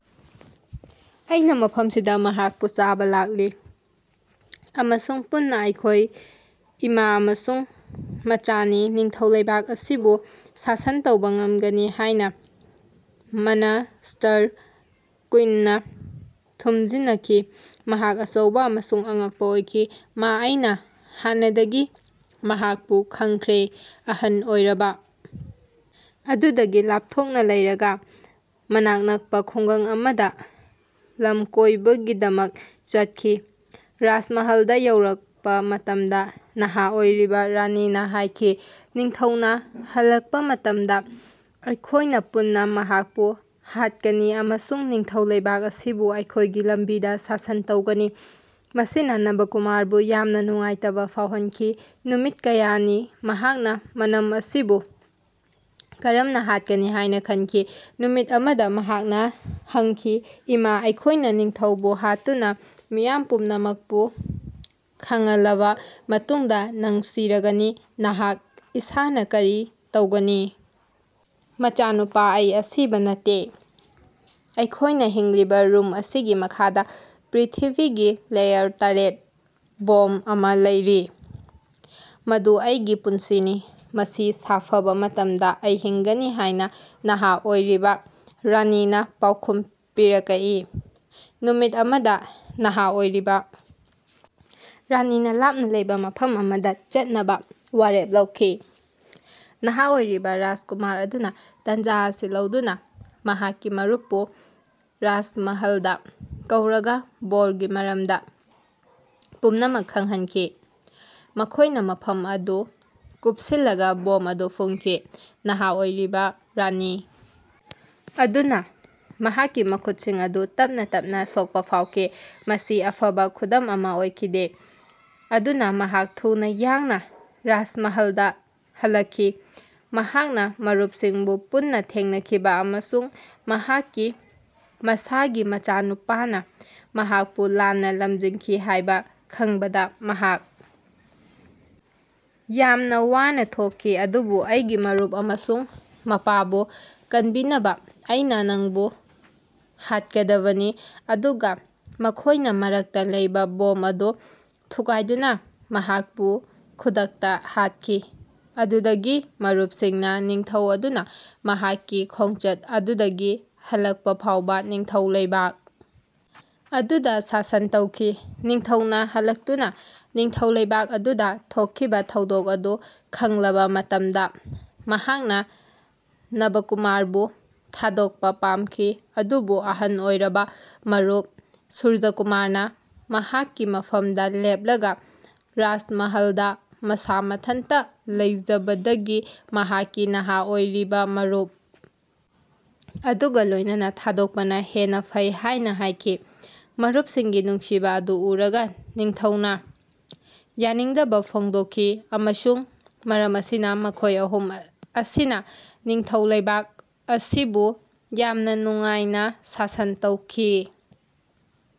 ꯑꯩꯅꯥ ꯃꯐꯝꯁꯤꯗꯥ ꯃꯍꯥꯛꯄꯨ ꯆꯥꯕꯥ ꯂꯥꯛꯂꯤ꯫ ꯑꯃꯁꯨꯡ ꯄꯨꯟꯅꯥ ꯑꯩꯈꯣꯏ ꯏꯃꯥ ꯑꯃꯁꯨꯡ ꯃꯆꯥꯅꯥ ꯅꯤꯡꯊꯧ ꯂꯩꯕꯥꯛ ꯑꯁꯤꯕꯨ ꯁꯥꯁꯟ ꯇꯧꯕꯥ ꯉꯝꯒꯅꯤ ꯍꯥꯏꯅꯥ ꯃꯅꯁ꯭ꯇꯔ ꯀꯨꯏꯅꯅꯥ ꯊꯨꯝꯖꯤꯅꯈꯤ꯫ ꯃꯍꯥꯛ ꯑꯆꯧꯕꯥ ꯑꯃꯁꯨꯡ ꯑꯉꯛꯄꯥ ꯑꯣꯏꯈꯤ꯫ ꯃꯥ ꯑꯩꯅꯥ ꯍꯥꯟꯅꯗꯒꯤ ꯃꯍꯥꯛꯄꯨ ꯈꯪꯈ꯭ꯔꯦ꯫ ꯑꯍꯜ ꯑꯣꯏꯔꯕꯥ ꯑꯗꯨꯗꯒꯤ ꯂꯥꯞꯊꯣꯛꯅꯥ ꯂꯩꯔꯒꯥ ꯃꯅꯥꯛ ꯅꯛꯄꯥ ꯈꯨꯡꯒꯪ ꯑꯃꯗꯥ ꯂꯃꯀꯣꯏꯕꯒꯤꯗꯃꯛ ꯆꯠꯈꯤ꯫ ꯔꯥꯖꯃꯍꯜꯗꯥ ꯌꯧꯔꯛꯄꯥ ꯃꯇꯝꯗꯥ ꯅꯍꯥ ꯑꯣꯏꯔꯤꯕꯥ ꯔꯥꯅꯤꯅꯥ ꯍꯥꯏꯈꯤ ꯅꯤꯡꯊꯧꯅꯥ ꯍꯜꯂꯛꯄꯥ ꯃꯇꯝꯗꯥ ꯑꯩꯈꯣꯏꯅꯥ ꯄꯨꯟꯅꯥ ꯃꯍꯥꯛꯄꯨ ꯍꯥꯠꯀꯅꯤ ꯑꯃꯁꯨꯡ ꯅꯤꯡꯊꯧ ꯂꯩꯕꯥꯛ ꯑꯁꯤꯕꯨ ꯑꯩꯈꯣꯏꯒꯤ ꯂꯝꯕꯤꯗꯥ ꯁꯥꯁꯟ ꯇꯧꯒꯅꯤ꯫ ꯃꯁꯤꯅꯥ ꯅꯕꯀꯨꯃꯥꯔꯕꯨ ꯌꯥꯝꯅꯥ ꯅꯨꯡꯉꯥꯏꯇꯕꯥ ꯐꯥꯎꯍꯟꯈꯤ꯫ ꯅꯨꯃꯤꯠ ꯀꯌꯥꯅꯤ ꯃꯍꯥꯛꯅꯥ ꯃꯅꯝ ꯑꯁꯤꯕꯨ ꯀꯔꯝꯅꯥ ꯍꯥꯠꯀꯅꯤ ꯍꯥꯏꯅꯥ ꯈꯟꯈꯤ꯫ ꯅꯨꯃꯤꯠ ꯑꯃꯗꯥ ꯃꯍꯥꯛꯅꯥ ꯍꯪꯈꯤ ꯏꯃꯥ ꯑꯩꯈꯣꯏꯅꯥ ꯅꯤꯡꯊꯧꯕꯨ ꯍꯥꯠꯇꯨꯅꯥ ꯃꯤꯌꯥꯝ ꯄꯨꯝꯅꯃꯛꯄꯨ ꯈꯥꯉꯂꯕꯥ ꯃꯇꯨꯡꯗꯥ ꯅꯪ ꯁꯤꯔꯒꯅꯤ꯫ ꯑꯩꯍꯥꯛ ꯏꯁꯥꯅꯥ ꯀꯔꯤ ꯇꯧꯒꯅꯤ? ꯃꯆꯥꯅꯨꯄꯥ ꯑꯩ ꯑꯁꯤꯕꯥ ꯅꯠꯇꯦ꯫ ꯑꯩꯈꯣꯏꯅꯥ ꯍꯤꯡꯂꯤꯕꯥ ꯔꯨꯝ ꯑꯁꯤꯒꯤ ꯃꯈꯥꯗꯥ ꯄ꯭ꯔ꯭ꯤꯊꯤꯕꯤꯒꯤ ꯂꯦꯌꯔ ꯇꯔꯦꯠ ꯕꯣꯝ ꯑꯃꯥ ꯂꯩꯔꯤ꯫ ꯃꯗꯨ ꯑꯩꯒꯤ ꯄꯨꯟꯁꯤꯅꯤ꯫ ꯃꯁꯤ ꯁꯥꯐꯕꯥ ꯃꯇꯝꯗꯥ ꯑꯩ ꯍꯤꯡꯒꯅꯤ ꯍꯥꯏꯅꯥ ꯅꯍꯥ ꯑꯣꯏꯔꯤꯕꯥ ꯔꯥꯅꯤꯅꯥ ꯄꯥꯎꯈꯨꯝ ꯄꯤꯔꯀꯏ꯫ ꯅꯨꯃꯤꯠ ꯑꯃꯗꯥ ꯅꯍꯥ ꯑꯣꯏꯔꯤꯕꯥ ꯔꯥꯅꯤꯅꯥ ꯂꯥꯞꯅꯥ ꯂꯩꯕꯥ ꯃꯐꯝ ꯑꯃꯗꯥ ꯆꯠꯅꯕꯥ ꯋꯥꯔꯦꯞ ꯂꯧꯈꯤ꯫ ꯅꯍꯥ ꯑꯣꯏꯔꯤꯕꯥ ꯔꯥꯖꯀꯨꯃꯥꯔ ꯑꯗꯨꯅꯥ ꯇꯥꯟꯖꯥ ꯑꯁꯤ ꯂꯧꯗꯨꯅꯥ ꯃꯍꯥꯛꯀꯤ ꯃꯔꯨꯞꯄꯨ ꯔꯥꯖꯃꯍꯂꯗꯥ ꯀꯧꯔꯒꯥ ꯕꯣꯔꯒꯤ ꯃꯔꯝꯗꯥ ꯄꯨꯝꯅꯃꯛ ꯈꯪꯍꯟꯈꯤ꯫ ꯃꯈꯣꯏꯅꯥ ꯃꯐꯝ ꯑꯗꯨ ꯀꯨꯞꯁꯤꯜꯂꯒꯥ ꯕꯣꯝ ꯑꯗꯨ ꯐꯪꯈꯤ꯫ ꯅꯍꯥ ꯑꯣꯏꯔꯤꯕꯥ ꯔꯥꯅꯤ ꯑꯗꯨꯅꯥ ꯃꯍꯥꯛꯀꯤ ꯃꯈꯨꯠꯁꯤꯡ ꯑꯗꯨ ꯇꯞꯅꯥ ꯇꯞꯅꯥ ꯁꯣꯛꯄꯥ ꯐꯥꯎꯈꯤ꯫ ꯃꯁꯤ ꯑꯐꯕꯥ ꯈꯨꯗꯝ ꯑꯃꯥ ꯑꯣꯏꯈꯤꯗꯦ꯫ ꯑꯗꯨꯅꯥ ꯃꯍꯥꯛ ꯊꯨꯅꯥ ꯌꯥꯡꯅꯥ ꯔꯥꯖꯃꯍꯂꯗꯥ ꯍꯜꯂꯛꯈꯤ꯫ ꯃꯍꯥꯛꯅꯥ ꯃꯔꯨꯞꯁꯤꯡꯕꯨ ꯄꯨꯟꯅꯥ ꯊꯦꯡꯅꯈꯤ ꯑꯃꯁꯨꯡ ꯃꯍꯥꯛꯀꯤ ꯃꯁꯥꯒꯤ ꯃꯆꯥꯅꯨꯄꯥꯅꯥ ꯃꯍꯥꯛꯄꯨ ꯂꯥꯟꯅꯥ ꯂꯝꯖꯤꯡꯈꯤ ꯍꯥꯏꯕꯥ ꯈꯪꯕꯗꯥ ꯃꯍꯥꯛ ꯌꯥꯝꯅꯥ ꯋꯥꯅꯥ ꯊꯣꯛꯈꯤ꯫ ꯑꯗꯨꯕꯨ ꯑꯩꯒꯤ ꯃꯔꯨꯞ ꯑꯃꯁꯨꯡ ꯃꯄꯥꯕꯨ ꯀꯟꯕꯤꯅꯕꯥ ꯑꯩꯅꯥ ꯅꯪꯕꯨ ꯍꯥꯠꯀꯗꯕꯅꯤ꯫ ꯑꯗꯨꯒꯥ ꯃꯈꯣꯏꯅꯥ ꯃꯔꯛꯇꯥ ꯂꯩꯕꯥ ꯕꯣꯝ ꯑꯗꯨ ꯊꯨꯒꯥꯏꯗꯨꯅꯥ ꯃꯍꯥꯛꯄꯨ ꯈꯨꯗꯛꯇꯥ ꯍꯥꯠꯈꯤ꯫ ꯑꯗꯨꯗꯒꯤ ꯃꯔꯨꯞꯁꯤꯡꯅꯥ ꯅꯤꯡꯊꯧ ꯑꯗꯨꯅꯥ ꯃꯍꯥꯛꯀꯤ ꯈꯣꯡꯆꯠ ꯑꯗꯨꯗꯒꯤ ꯍꯜꯂꯛꯄꯥ ꯐꯥꯎꯕꯥ ꯅꯤꯡꯊꯧ ꯂꯩꯕꯥꯛ ꯑꯗꯨꯗꯥ ꯁꯥꯁꯟ ꯇꯧꯈꯤ꯫ ꯅꯤꯡꯊꯧꯅꯥ ꯍꯜꯂꯛꯇꯨꯅꯥ ꯅꯤꯡꯊꯧ ꯂꯩꯕꯥꯛ ꯑꯗꯨꯗꯥ ꯊꯣꯛꯈꯤꯕꯥ ꯊꯧꯗꯣꯛ ꯑꯗꯨ ꯈꯪꯂꯕꯥ ꯃꯇꯝꯗꯥ ꯃꯍꯥꯛꯅꯥ ꯅꯕꯀꯨꯃꯥꯔꯕꯨ ꯊꯥꯗꯣꯛꯄꯥ ꯄꯥꯝꯈꯤ ꯑꯗꯨꯕꯨ ꯑꯍꯜ ꯑꯣꯏꯔꯕꯥ ꯃꯔꯨꯞ ꯁꯨꯔꯖꯥꯀꯨꯃꯥꯔꯅꯥ ꯃꯍꯥꯛꯀꯤ ꯃꯐꯝꯗꯥ ꯂꯦꯞꯂꯒꯥ ꯔꯥꯖꯃꯍꯂꯗꯥ ꯃꯁꯥ ꯃꯊꯟꯇꯥ ꯂꯩꯖꯕꯗꯒꯤ ꯃꯍꯥꯛꯀꯤ ꯅꯍꯥ ꯑꯣꯏꯔꯤꯕꯥ ꯃꯔꯨꯞ ꯑꯗꯨꯒꯥ ꯂꯣꯏꯅꯅꯥ ꯊꯥꯗꯣꯛꯄꯅꯥ ꯍꯦꯟꯅꯥ ꯐꯩ ꯍꯥꯏꯅꯥ ꯍꯥꯏꯈꯤ꯫ ꯃꯔꯨꯞꯁꯤꯡꯒꯤ ꯅꯨꯡꯁꯤꯕꯥ ꯑꯗꯨ ꯎꯔꯒꯥ ꯅꯤꯡꯊꯧꯅꯥ ꯌꯥꯅꯤꯡꯗꯕꯥ ꯐꯣꯡꯗꯣꯛꯈꯤ꯫ ꯑꯃꯁꯨꯡ ꯃꯔꯝ ꯑꯁꯤꯅꯥ ꯃꯈꯣꯏ ꯑꯍꯨꯝ ꯑꯁꯤꯅꯥ ꯅꯤꯡꯊꯧ ꯂꯩꯕꯥꯛ ꯑꯁꯤꯕꯨ ꯌꯥꯝꯅꯥ ꯅꯨꯡꯉꯥꯏꯅꯥ ꯁꯥꯁꯟ ꯇꯧꯈꯤ꯫